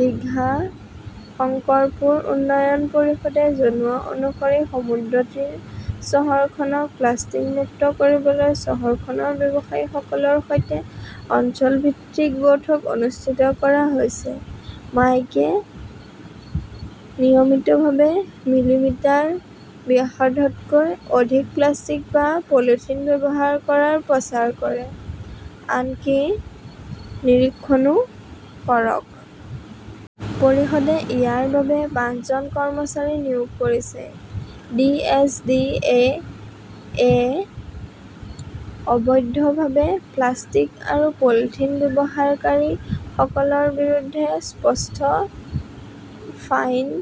দীঘা-শংকৰপুৰ উন্নয়ন পৰিষদে জনোৱা অনুসৰি সমুদ্ৰতীৰ চহৰখনক প্লাষ্টিক মুক্ত কৰিবলৈ চহৰখনৰ ব্যৱসায়ীসকলৰ সৈতে অঞ্চলভিত্তিক বৈঠক অনুষ্ঠিত কৰা হৈছে। মাইকে নিয়মিতভাৱে মিলিমিটাৰ ব্যাসাৰ্ধতকৈ অধিক প্লাষ্টিক বা পলিথিন ব্যৱহাৰ কৰাৰ প্ৰচাৰ কৰে। আনকি নিৰীক্ষণও কৰক। পৰিষদে ইয়াৰ বাবে পাঁচজন কৰ্মচাৰী নিয়োগ কৰিছে। ডি. এছ. ডি. এ. য়ে অবৈধভাৱে প্লাষ্টিক আৰু পলিথিন ব্যৱহাৰকাৰীসকলৰ বিৰুদ্ধে 'স্পট ফাইন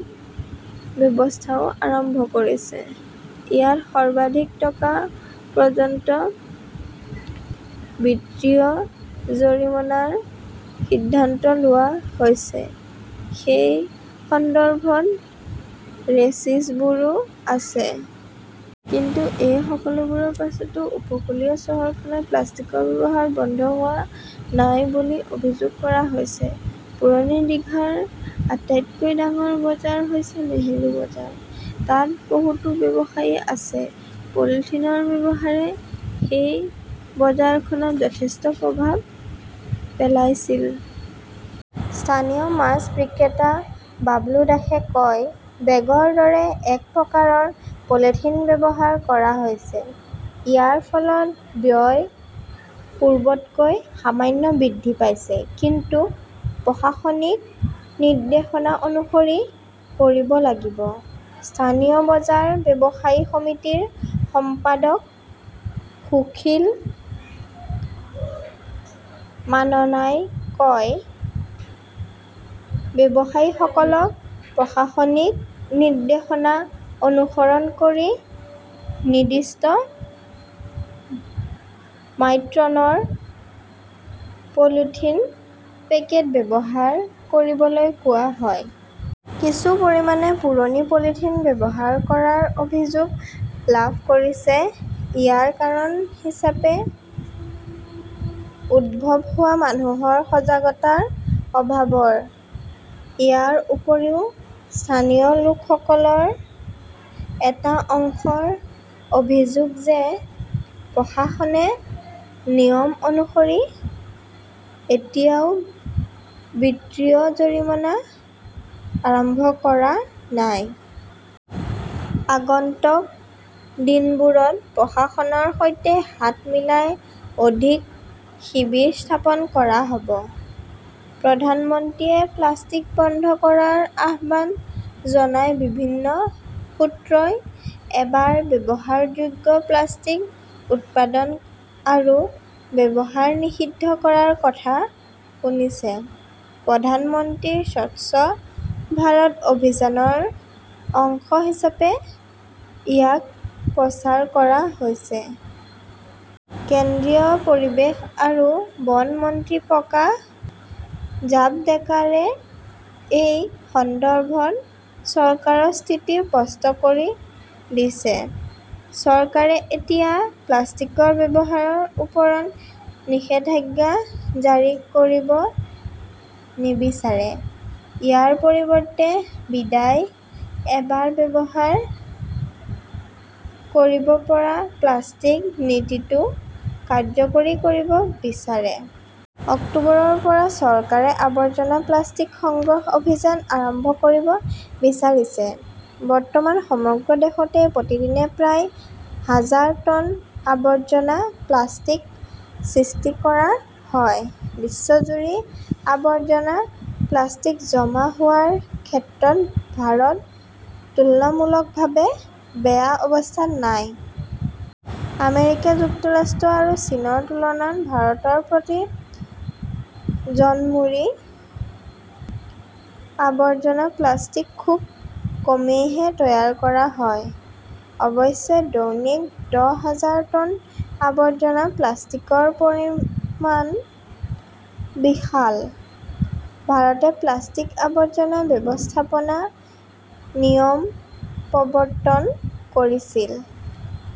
"ব্যৱস্থাও আৰম্ভ কৰিছে। ইয়াত সৰ্বাধিক টকা পৰ্যন্ত বিত্তীয় জৰিমনাৰ সিদ্ধান্ত লোৱা হৈছে। সেই সন্দৰ্ভত ৰচিদবোৰো আছে। কিন্তু এই সকলোবোৰৰ পিছতো উপকূলীয় চহৰখনত প্লাষ্টিকৰ ব্যৱহাৰ বন্ধ হোৱা নাই বুলি অভিযোগ কৰা হৈছে। পুৰণি দিঘাৰ আটাইতকৈ ডাঙৰ বজাৰ হৈছে নেহৰু বজাৰ। তাত বহুতো ব্যৱসায়ী আছে। পলিথিনৰ ব্যৱহাৰে সেই বজাৰখনত যথেষ্ট প্ৰভাৱ পেলাইছিল। স্থানীয় মাছ বিক্ৰেতা বাবলু দাসে কয়, বেগৰ দৰে এক প্ৰকাৰৰ পলিথিন ব্যৱহাৰ কৰা হৈছে। ইয়াৰ ফলত ব্যয় পূৰ্বতকৈ সামান্য বৃদ্ধি পাইছে। কিন্তু প্ৰশাসনিক নিৰ্দেশনা অনুসৰণ কৰিব লাগিব। স্থানীয় বজাৰ ব্যৱসায়ী সমিতিৰ সম্পাদক সুশীল মাননাই কয়, ব্যৱসায়ীসকলক প্ৰশাসনিক নিৰ্দেশনা অনুসৰণ কৰি নিৰ্দিষ্ট মাইক্ৰনৰ পলিথিন পেকেট ব্যৱহাৰ কৰিবলৈ কোৱা হয়। কিন্তু কিছুমানে পুৰণি পলিথিন ব্যৱহাৰ কৰাৰ অভিযোগ লাভ কৰিছে। ইয়াৰ কাৰণ হিচাপে উদ্ভৱ হোৱা মানুহৰ সজাগতাৰ অভাৱৰ । ইয়াৰ উপৰিও, স্থানীয় লোকসকলৰ এটা অংশৰ অভিযোগ যে প্ৰশাসনে নিয়ম অনুসৰি এতিয়াও বিত্তীয় জৰিমনা আৰম্ভ কৰা নাই। আগন্তুক দিনবোৰত প্ৰশাসনৰ সৈতে হাত মিলাই অধিক শিবিৰ স্থাপন কৰা হ 'ব। প্ৰধানমন্ত্ৰীয়ে প্লাষ্টিক বন্ধ কৰাৰ আহ্বান জনায় বিভিন্ন সূত্ৰই এবাৰ ব্যৱহাৰযোগ্য প্লাষ্টিক উৎপাদন আৰু ব্যৱহাৰ নিষিদ্ধ কৰাৰ কথা শুনিছে। প্ৰধানমন্ত্ৰীৰ স্বচ্ছ ভাৰত অভিযানৰ অংশ হিচাপে ইয়াক প্ৰচাৰ কৰা হৈছে। কেন্দ্ৰীয় পৰিৱেশ আৰু বন মন্ত্ৰী প্ৰকাশ জাভড়েকাৰে এই সন্দৰ্ভত চৰকাৰৰ স্থিতি স্পষ্ট কৰি দিছে। চৰকাৰে এতিয়া প্লাষ্টিকৰ ব্যৱহাৰৰ ওপৰত নিষেধাজ্ঞা জাৰি কৰিব নিবিচাৰে। ইয়াৰ পৰিৱৰ্তে, 'বিদায় এবাৰ ব্যৱহাৰ কৰিব পৰা প্লাষ্টিক 'নীতিটো কাৰ্যকৰী কৰিব বিচাৰে। অক্টোবৰৰ পৰা চৰকাৰে আৱৰ্জনা প্লাষ্টিক সংগ্ৰহ অভিযান আৰম্ভ কৰিব বিচাৰিছে। বৰ্তমান সমগ্ৰ দেশতে প্ৰতিদিনে প্ৰায় হাজাৰ টন আৱৰ্জনা প্লাষ্টিক সৃষ্টি কৰা হয়। বিশ্বজুৰি আৱৰ্জনা প্লাষ্টিক জমা হোৱাৰ ক্ষেত্ৰত ভাৰত তুলনামূলকভাৱে বেয়া অৱস্থাত নাই। আমেৰিকা যুক্তৰাষ্ট্ৰ আৰু চীনৰ তুলনাত ভাৰতৰ প্ৰতি জনমূৰি আৱৰ্জনা প্লাষ্টিক খুব কমেইহে তৈয়াৰ কৰা হয়। অৱশ্যে, দৈনিক দহ হাজাৰ টন আৱৰ্জনা প্লাষ্টিকৰ পৰিমাণ বিশাল। ভাৰতে প্লাষ্টিক আৱৰ্জনা ব্যৱস্থাপনা নিয়ম প্ৰৱৰ্তন কৰিছিল।